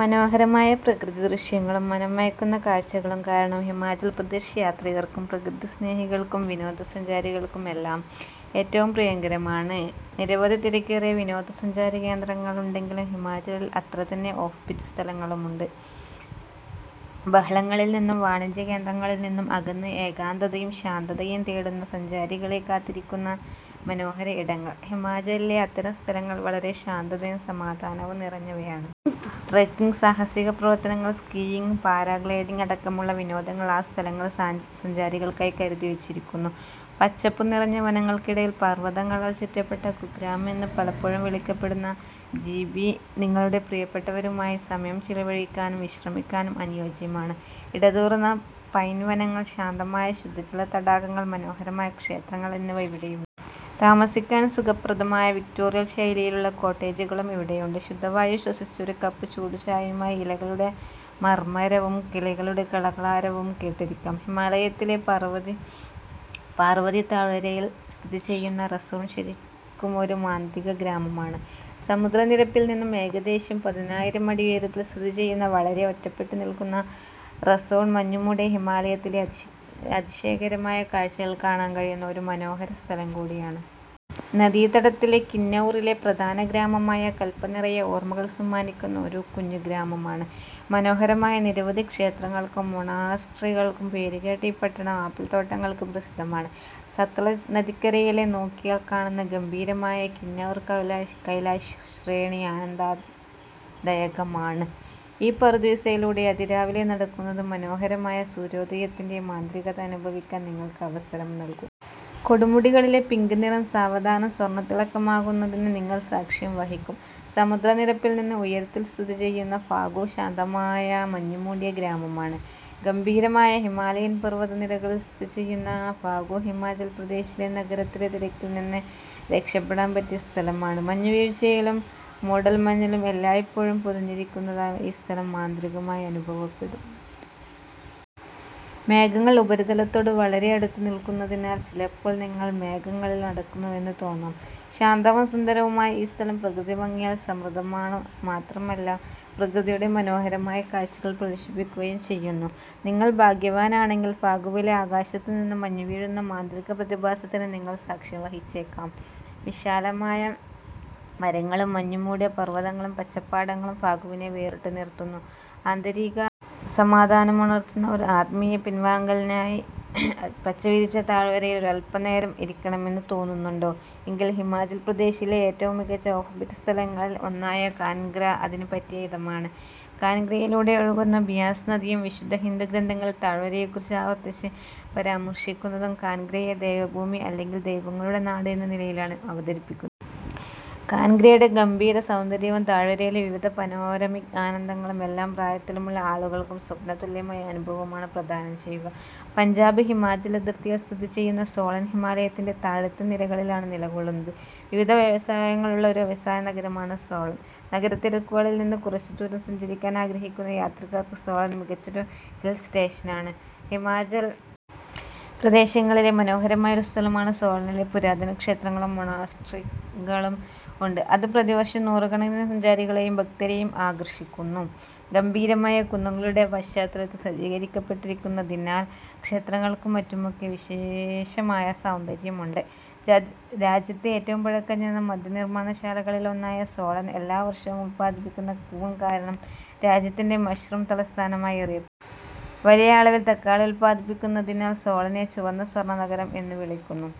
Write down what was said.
മനോഹരമായ പ്രകൃതിദൃശ്യങ്ങളും മനംമയക്കുന്ന കാഴ്ചകളും കാരണം ഹിമാചൽ പ്രദേശ് യാത്രികർക്കും പ്രകൃതിസ്നേഹികൾക്കും വിനോദസഞ്ചാരികൾക്കുമെല്ലാം ഏറ്റവും പ്രിയങ്കരമാണ്. നിരവധി തിരക്കേറിയ വിനോദസഞ്ചാരകേന്ദ്രങ്ങൾ ഉണ്ടെങ്കിലും ഹിമാചലിൽ അത്രതന്നെ ഓഫ്‌ബീറ്റ് സ്ഥലങ്ങളുമുണ്ട്. ബഹളങ്ങളിൽനിന്നും വാണിജ്യകേന്ദ്രങ്ങളിൽനിന്നും അകന്ന് ഏകാന്തതയും ശാന്തതയും തേടുന്ന സഞ്ചാരികളെ കാത്തിരിക്കുന്ന മനോഹര ഇടങ്ങൾ. ഹിമാചലിലെ അത്തരം സ്ഥലങ്ങൾ വളരെ ശാന്തതയും സമാധാനവും നിറഞ്ഞവയാണ്. ട്രെക്കിങ്, സാഹസിക പ്രവർത്തനങ്ങൾ, സ്കീയിങ്, പാരാഗ്ലൈഡിങ് അടക്കമുള്ള വിനോദങ്ങൾ ആ സ്ഥലങ്ങൾ സഞ്ചാരികൾക്കായി കരുതിവച്ചിരിക്കുന്നു. പച്ചപ്പുനിറഞ്ഞ വനങ്ങൾക്കിടയിൽ പർവതങ്ങളാൽ ചുറ്റപ്പെട്ട കുഗ്രാമം എന്ന് പലപ്പോഴും വിളിക്കപ്പെടുന്ന ജിബി നിങ്ങളുടെ പ്രിയപ്പെട്ടവരുമായി സമയം ചെലവഴിക്കാനും വിശ്രമിക്കാനും അനുയോജ്യമാണ്. ഇടതൂർന്ന പൈൻ വനങ്ങൾ, ശാന്തമായ ശുദ്ധജല തടാകങ്ങൾ, മനോഹരമായ ക്ഷേത്രങ്ങൾ എന്നിവ ഇവിടെയുണ്ട്. താമസിക്കാൻ സുഖപ്രദമായ വിക്ടോറിയൻ ശൈലിയിലുള്ള കോട്ടേജുകളും ഇവിടെയുണ്ട്. ശുദ്ധവായു ശ്വസിച്ച് ഒരു കപ്പ് ചൂടുചായയുമായി ഇലകളുടെ മർമരവും കിളികളുടെ കളകളാരവവും കേട്ടിരിക്കാം. ഹിമാലയത്തിലെ പാർവതി താഴ്വരയിൽ സ്ഥിതി ചെയ്യുന്ന റസോൾ ശരിക്കുമൊരു മാന്ത്രിക ഗ്രാമമാണ്. സമുദ്രനിരപ്പിൽനിന്ന് ഏകദേശം പതിനായിരം അടി ഉയരത്തിൽ സ്ഥിതിചെയ്യുന്ന വളരെ ഒറ്റപ്പെട്ടുനിൽക്കുന്ന റസോൾ മഞ്ഞുമൂടിയ ഹിമാലയത്തിൻ്റെ അതിശയകരമായ കാഴ്ചകൾ കാണാൻ കഴിയുന്ന ഒരു മനോഹര സ്ഥലം കൂടിയാണ്. സത്ലജ് നദീതടത്തിലെ കിന്നൗറിലെ പ്രധാന ഗ്രാമമായ കൽപ നിറയെ ഓർമകൾ സമ്മാനിക്കുന്ന ഒരു കുഞ്ഞുഗ്രാമമാണ്. മനോഹരമായ നിരവധി ക്ഷേത്രങ്ങൾക്കും മൊണാസ്ട്രികൾക്കും പേരുകേട്ട ഈ പട്ടണം ആപ്പിൾ തോട്ടങ്ങൾക്കും പ്രസിദ്ധമാണ്. സത്ലജ് നദിക്കരയിൽനിന്ന് നോക്കിയാൽ കാണുന്ന ഗംഭീരമായ കിന്നൗർ കൈലാഷ് ശ്രേണി ആനന്ദദായകമാണ്. ഈ പറുദീസയിലൂടെ അതിരാവിലെ നടക്കുന്നത് മനോഹരമായ സൂര്യോദയത്തിൻ്റെ മാന്ത്രികത അനുഭവിക്കാൻ നിങ്ങൾക്ക് അവസരം നൽകും. കൊടുമുടികളിലെ പിങ്ക് നിറം സാവധാനം സ്വർണത്തിളക്കമാകുന്നതിന് നിങ്ങൾ സാക്ഷ്യം വഹിക്കും. സമുദ്രനിരപ്പിൽനിന്ന് ഉയരത്തിൽ സ്ഥിതി ചെയ്യുന്ന ഫാഗു ശാന്തമായ മഞ്ഞുമൂടിയ ഗ്രാമമാണ്. ഗംഭീരമായ ഹിമാലയൻ പർവതനിരകളിൽ സ്ഥിതി ചെയ്യുന്ന ഫാഗു ഹിമാചൽ പ്രദേശിലെ നഗരത്തിൻ്റെ തിരക്കിൽനിന്ന് രക്ഷപ്പെടാൻ പറ്റിയ സ്ഥലമാണ്. മഞ്ഞുവീഴ്ചയിലും മൂടൽമഞ്ഞിലും എല്ലായ്പ്പോഴും പൊതിഞ്ഞിരിക്കുന്നതിനാൽ ഈ സ്ഥലം മാന്ത്രികമായി അനുഭവപ്പെടും. മേഘങ്ങൾ ഉപരിതലത്തോട് വളരെ അടുത്ത് നിൽക്കുന്നതിനാൽ ചിലപ്പോൾ നിങ്ങൾ മേഘങ്ങളിൽ നടക്കുന്നുവെന്ന് തോന്നാം. ശാന്തവും സുന്ദരവുമായ ഈ സ്ഥലം പ്രകൃതിഭംഗിയാൽ സമൃദ്ധമാണ്. മാത്രമല്ല, പ്രകൃതിയുടെ മനോഹരമായ കാഴ്ചകൾ പ്രദർശിപ്പിക്കുകയും ചെയ്യുന്നു. നിങ്ങൾ ഭാഗ്യവാനാണെങ്കിൽ ഫാഗുവിലെ ആകാശത്തുനിന്ന് മഞ്ഞ് വീഴുന്ന മാന്ത്രിക പ്രതിഭാസത്തിന് നിങ്ങൾ സാക്ഷ്യം വഹിച്ചേക്കാം. വിശാലമായ മരങ്ങളും മഞ്ഞുമൂടിയ പർവതങ്ങളും പച്ചപ്പാടങ്ങളും ഫാഗുവിനെ വേറിട്ടുനിർത്തുന്നു. ആന്തരിക സമാധാനം ഉണർത്തുന്ന ഒരു ആത്മീയ പിൻവാങ്ങലിനായി പച്ചവിരിച്ച താഴ്വരയിൽ ഒരൽപനേരം ഇരിക്കണമെന്ന് തോന്നുന്നുണ്ടോ. എങ്കിൽ ഹിമാചൽ പ്രദേശിലെ ഏറ്റവും മികച്ച ഓഫ്‌ബീറ്റ് സ്ഥലങ്ങളിൽ ഒന്നായ കാൻഗ്ര അതിന് പറ്റിയ ഇടമാണ്. കാൻഗ്രയിലൂടെ ഒഴുകുന്ന ബിയാസ് നദിയും വിശുദ്ധ ഹിന്ദു ഗ്രന്ഥങ്ങളിൽ താഴ്വരയെക്കുറിച്ച് ആവർത്തിച്ച് പരാമർശിക്കുന്നതും കാൻഗ്രയെ ദേവഭൂമി അല്ലെങ്കിൽ ദൈവങ്ങളുടെ നാട് എന്ന നിലയിലാണ് അവതരിപ്പിക്കുന്നത്. കാൻഗ്രയുടെ ഗംഭീരസൗന്ദര്യവും താഴ്വരയിലെ വിവിധ പനോരമിക് ആനന്ദങ്ങളും എല്ലാ പ്രായത്തിലുമുള്ള ആളുകൾക്കും സ്വപ്നതുല്യമായ അനുഭവമാണ് പ്രദാനം ചെയ്യുക. പഞ്ചാബ് ഹിമാചൽ അതിർത്തിയിൽ സ്ഥിതി ചെയ്യുന്ന സോളൻ ഹിമാലയത്തിൻ്റെ താഴത്തെ നിരകളിലാണ് നിലകൊള്ളുന്നത്. വിവിധ വ്യവസായങ്ങളുള്ള ഒരു വ്യവസായ നഗരമാണ് സോളൻ. നഗരത്തിരക്കുകളിൽനിന്ന് കുറച്ചുദൂരം സഞ്ചരിക്കാൻ ആഗ്രഹിക്കുന്ന യാത്രക്കാർക്ക് സോളൻ മികച്ചൊരു ഹിൽ സ്റ്റേഷനാണ്. ഹിമാചൽ പ്രദേശിലെ മനോഹരമായ ഒരു സ്ഥലമായ സോളനിൽ പുരാതന ക്ഷേത്രങ്ങളും മൊണാസ്ട്രികളും ഉണ്ട്. അത് പ്രതിവർഷം നൂറുകണക്കിന് സഞ്ചാരികളെയും ഭക്തരെയും ആകർഷിക്കുന്നു. ഗംഭീരമായ കുന്നുകളുടെ പശ്ചാത്തലത്തിൽ സജ്ജീകരിക്കപ്പെട്ടിരിക്കുന്നതിനാൽ ക്ഷേത്രങ്ങൾക്കും മറ്റുമൊക്കെ വിശേഷമായ സൗന്ദര്യമുണ്ട്. രാജ്യത്തെ ഏറ്റവും പഴക്കംചെന്ന മദ്യനിർമാണശാലകളിലൊന്നായ സോളൻ എല്ലാ വർഷവും ഉൽപാദിപ്പിക്കുന്ന കൂൺ കാരണം രാജ്യത്തിൻ്റെ മഷ്റൂം തലസ്ഥാനമായി അറിയപ്പെടുന്നു. വലിയ അളവിൽ തക്കാളി ഉത്പാദിപ്പിക്കുന്നതിനാൽ സോളനെ ചുവന്ന സ്വർണ നഗരം എന്നും വിളിക്കുന്നു.